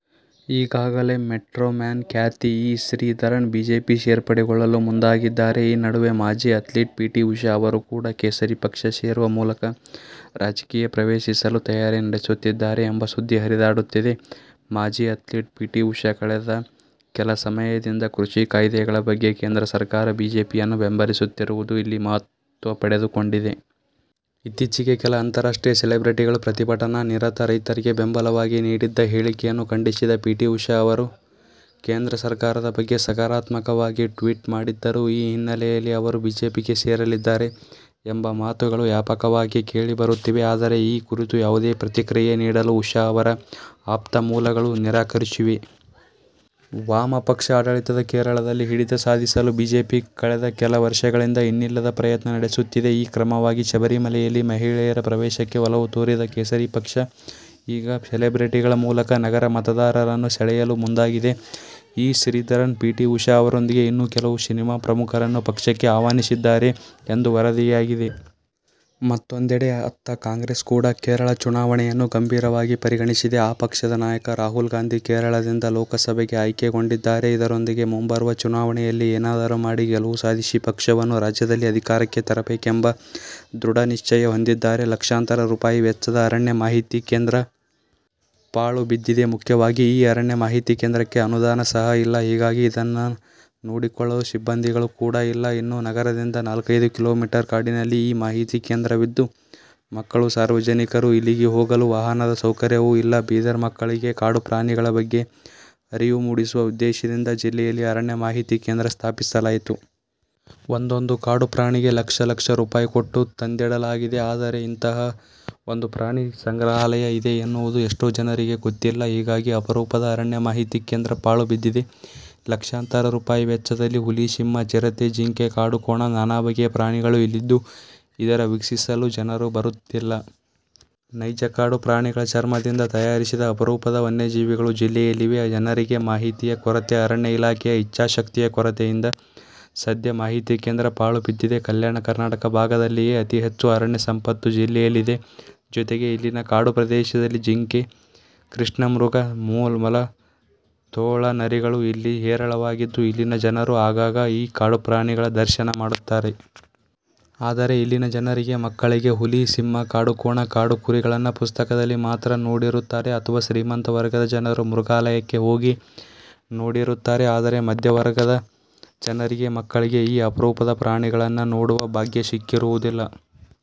ಈಗಾಗಲೇ 'ಮೆಟ್ರೊಮ್ಯಾನ್' ಖ್ಯಾತಿ E. Sreedharan BJP ಸೇರ್ಪಡೆಗೊಳ್ಳಲು ಮುಂದಾಗಿದ್ದಾರೆ. ಈ ನಡುವೆ ಮಾಜಿ ಅಥ್ಲೀಟ್ ಪಿ. ಟಿ. ಉಷಾ ಅವರೂ ಕೂಡ ಕೇಸರಿ ಪಕ್ಷ ಸೇರುವ ಮೂಲಕ ರಾಜಕೀಯ ಪ್ರವೇಶಿಸಲು ತಯಾರಿ ನಡೆಸುತ್ತಿದ್ದಾರೆ ಎಂಬ ಸುದ್ದಿ ಹರಿದಾಡುತ್ತಿದೆ. ಮಾಜಿ ಅಥ್ಲೀಟ್ ಪಿಟಿ ಉಷಾ ಕಳೆದ ಕೆಲ ಸಮಯದಿಂದ ಕೃಷಿ ಕಾಯ್ದೆಗಳ ಬಗ್ಗೆ ಕೇಂದ್ರ ಸರ್ಕಾರ, ಬಿಜೆಪಿಯನ್ನು ಬೆಂಬಲಿಸುತ್ತಿರುವುದು ಇಲ್ಲಿ ಮಹತ್ವಪಡೆದುಕೊಂಡಿದೆ. ಇತ್ತೀಚಿಗೆ ಕೆಲ ಅಂತರಾಷ್ಟ್ರೀಯ ಸೆಲೆಬ್ರೆಟಿಗಳು ಪ್ರತಿಭಟನಾ ನಿರತ ರೈತರಿಗೆ ಬೆಂಬಲವಾಗಿ ನೀಡಿದ್ದ ಹೇಳಿಕೆಯನ್ನು ಖಂಡಿಸಿದ್ದ ಪಿಟಿ ಉಷಾ ಅವರು ಕೇಂದ್ರ ಸರ್ಕಾರದ ಬಗ್ಗೆ ಸಕಾರಾತ್ಮಕವಾಗಿ ಟ್ವೀಟ್ ಮಾಡಿದ್ದರು. ಈ ಹಿನ್ನೆಲೆಯಲ್ಲಿ ಅವರು ಬಿಜೆಪಿಗೆ ಸೇರಲಿದ್ದಾರೆ ಎಂಬ ಮಾತುಗಳು ವ್ಯಾಪಕವಾಗಿ ಕೇಳಿಬರುತ್ತಿವೆ. ಆದರೆ, ಈ ಕುರಿತು ಯಾವುದೇ ಪ್ರತಿಕ್ರಿಯೆ ನೀಡಲು ಉಷಾ ಅವರ ಆಪ್ತ ಮೂಲಗಳು ನಿರಾಕರಿಸಿವೆ. ವಾಮಪಕ್ಷ ಆಡಳಿತದ ಕೇರಳದಲ್ಲಿ ಹಿಡಿತ ಸಾಧಿಸಲು ಬಿಜೆಪಿ ಕಳೆದ ಕೆಲ ವರ್ಷಗಳಿಂದ ಇನ್ನಿಲ್ಲದ ಪ್ರಯತ್ನ ನಡೆಸುತ್ತಿದೆ. ಈ ಕ್ರಮವಾಗಿ ಶಬರಿಮಲೆಯಲ್ಲಿ ಮಹಿಳೆಯರ ಪ್ರವೇಶಕ್ಕೆ ಒಲವು ತೋರಿದ ಕೇಸರಿ ಪಕ್ಷ, ಈಗ ಸೆಲೆಬ್ರಿಟಿಗಳ ಮೂಲಕ ನಗರ ಮತದಾರರನ್ನು ಸೆಳೆಯಲು ಮುಂದಾಗಿದೆ. E. Sreedharan, P. T. Usha ಅವರೊಂದಿಗೆ ಇನ್ನೂ ಕೆಲವು ಸಿನಿಮಾ ಪ್ರಮುಖರನ್ನು ಪಕ್ಷಕ್ಕೆ ಆಹ್ವಾನಿಸಿದ್ದಾರೆ ಎಂದು ವರದಿಯಾಗಿದೆ. ಮತ್ತೊಂದೆಡೆ, ಅತ್ತ ಕಾಂಗ್ರೆಸ್ ಕೂಡ ಕೇರಳ ಚುನಾವಣೆಯನ್ನು ಗಂಭೀರವಾಗಿ ಪರಿಗಣಿಸಿದೆ. ಆ ಪಕ್ಷದ ನಾಯಕ ರಾಹುಲ್ ಗಾಂಧಿ ಕೇರಳದಿಂದ ಲೋಕಸಭೆಗೆ ಆಯ್ಕೆಗೊಂಡಿದ್ದಾರೆ. ಇದರೊಂದಿಗೆ ಮುಂಬರುವ ಚುನಾವಣೆಯಲ್ಲಿ ಏನಾದರೂ ಮಾಡಿ ಗೆಲುವು ಸಾಧಿಸಿ ಪಕ್ಷವನ್ನು ರಾಜ್ಯದಲ್ಲಿ ಅಧಿಕಾರಕ್ಕೆ ತರಬೇಕೆಂಬ ದೃಢನಿಶ್ಚಯ ಹೊಂದಿದ್ದಾರೆ. ಲಕ್ಷಾಂತರ ರೂಪಾಯಿ ವೆಚ್ಚದ ಅರಣ್ಯ ಮಾಹಿತಿ ಕೇಂದ್ರ. ಪಾಳು ಬಿದ್ದಿದೆ ಮುಖ್ಯವಾಗಿ ಈ ಅರಣ್ಯ ಮಾಹಿತಿ ಕೇಂದ್ರಕ್ಕೆ ಅನುದಾನ ಸಹ ಇಲ್ಲಾ. ಹೀಗಾಗಿ ಇದನ್ನ ನೋಡಿಕೊಳ್ಳಲು ಸಿಬ್ಬಂದಿಗಳು ಕೂಡಾ ಇಲ್ಲಾ. ಇನ್ನೂ ನಗರದಿಂದ ನಾಲ್ಕೈದು ಕಿಲೋಮೀಟರ್ ಕಾಡಿನಲ್ಲಿ ಈ ಮಾಹಿತಿ ಕೇಂದ್ರವಿದ್ದು ಮಕ್ಕಳು ಸಾರ್ವಜನಿಕರು ಇಲ್ಲಿಗೆ ಹೋಗಲು ವಾಹನದ ಸೌಕರ್ಯವೂ ಇಲ್ಲಾ. ಬೀದರ್: ಮಕ್ಕಳಿಗೆ ಕಾಡು ಪ್ರಾಣಿಗಳ ಬಗ್ಗೆ ಅರಿವು ಮೂಡಿಸುವ ಉದ್ದೇಶದಿಂದ ಜಿಲ್ಲೆಯಲ್ಲಿ ಅರಣ್ಯ ಮಾಹಿತಿ ಕೇಂದ್ರ ಸ್ಥಾಪಿಸಲಾಯಿತು. ಒಂದೊಂದು ಕಾಡು ಪ್ರಾಣಿಗೆ ಲಕ್ಷ ಲಕ್ಷ ರೂಪಾಯಿ ಕೊಟ್ಟು ತಂದಿಡಲಾಗಿದೆ. ಆದರೆ ಇಂತಹ ಒಂದು ಪ್ರಾಣಿ ಸಂಗ್ರಹಾಲಯ ಇದೆ ಎನ್ನುವುದು ಎಷ್ಟೋ ಜನರಿಗೆ ಗೊತ್ತಿಲ್ಲ. ಹೀಗಾಗಿ ಅಪರೂಪದ ಅರಣ್ಯ ಮಾಹಿತಿ ಕೇಂದ್ರ ಪಾಳು ಬಿದ್ದಿದೆ. ಲಕ್ಷಾಂತರ ರೂಪಾಯಿ ವೆಚ್ಚದಲ್ಲಿ ಹುಲಿ, ಸಿಂಹ, ಚಿರತೆ, ಜಿಂಕೆ, ಕಾಡುಕೋಣ, ನಾನಾ ಬಗೆಯ ಪ್ರಾಣಿಗಳು ಇಲ್ಲಿದ್ದು ಇದರ ವೀಕ್ಷಿಸಲು ಜನರು ಬರುತ್ತಿಲ್ಲ. ನೈಜ ಕಾಡು ಪ್ರಾಣಿಗಳ ಚರ್ಮದಿಂದ ತಯಾರಿಸಿದ ಅಪರೂಪದ ವನ್ಯಜೀವಿಗಳು ಜಿಲ್ಲೆಯಲ್ಲಿವೆ. ಜನರಿಗೆ ಮಾಹಿತಿಯ ಕೊರತೆ, ಅರಣ್ಯ ಇಲಾಖೆಯ ಇಚ್ಚಾಶಕ್ತಿಯ ಕೊರತೆಯಿಂದ ಸದ್ಯ ಮಾಹಿತಿ ಕೇಂದ್ರ ಪಾಳುಬಿದ್ದಿದೆ. ಕಲ್ಯಾಣ ಕರ್ನಾಟಕ ಭಾಗದಲ್ಲಿಯೇ ಅತಿ ಹೆಚ್ಚು ಅರಣ್ಯ ಸಂಪತ್ತು ಜಿಲ್ಲೆಯಲ್ಲಿದೆ. ಜೊತೆಗೆ ಇಲ್ಲಿನ ಕಾಡು ಪ್ರದೇಶದಲ್ಲಿ ಚಿಂಕೆ, ಕೃಷ್ಣಮೃಗ, ಮೊಲ, ತೋಳ, ನರಿಗಳು ಇಲ್ಲಿ ಹೇರಳವಾಗಿದ್ದು ಇಲ್ಲಿನ ಜನರು ಆಗಾಗ ಈ ಕಾಡು ಪ್ರಾಣಿಗಳ ದರ್ಶನ ಮಾಡುತ್ತಾರೆ. ಆದರೆ ಇಲ್ಲಿನ ಜನರಿಗೆ, ಮಕ್ಕಳಿಗೆ ಹುಲಿ, ಸಿಂಹ, ಕಾಡುಕೋಣ, ಕಾಡುಕುರಿಗಳನ್ನ ಪುಸ್ತಕದಲ್ಲಿ ಮಾತ್ರ ನೋಡಿರುತ್ತಾರೆ ಅಥವಾ ಶ್ರೀಮಂತ ವರ್ಗದ ಜನರು ಮೃಗಾಲಯಕ್ಕೆ ಹೋಗಿ ನೋಡಿರುತ್ತಾರೆ. ಆದರೆ ಮದ್ಯಮವರ್ಗದ ಜನರಿಗೆ ಮಕ್ಕಳಿಗೆ ಈ ಅಪರೂಪದ ಪ್ರಾಣಿಗಳನ್ನ ನೋಡುವ ಭಾಗ್ಯ ಸಿಕ್ಕಿರುವುದಿಲ್ಲ.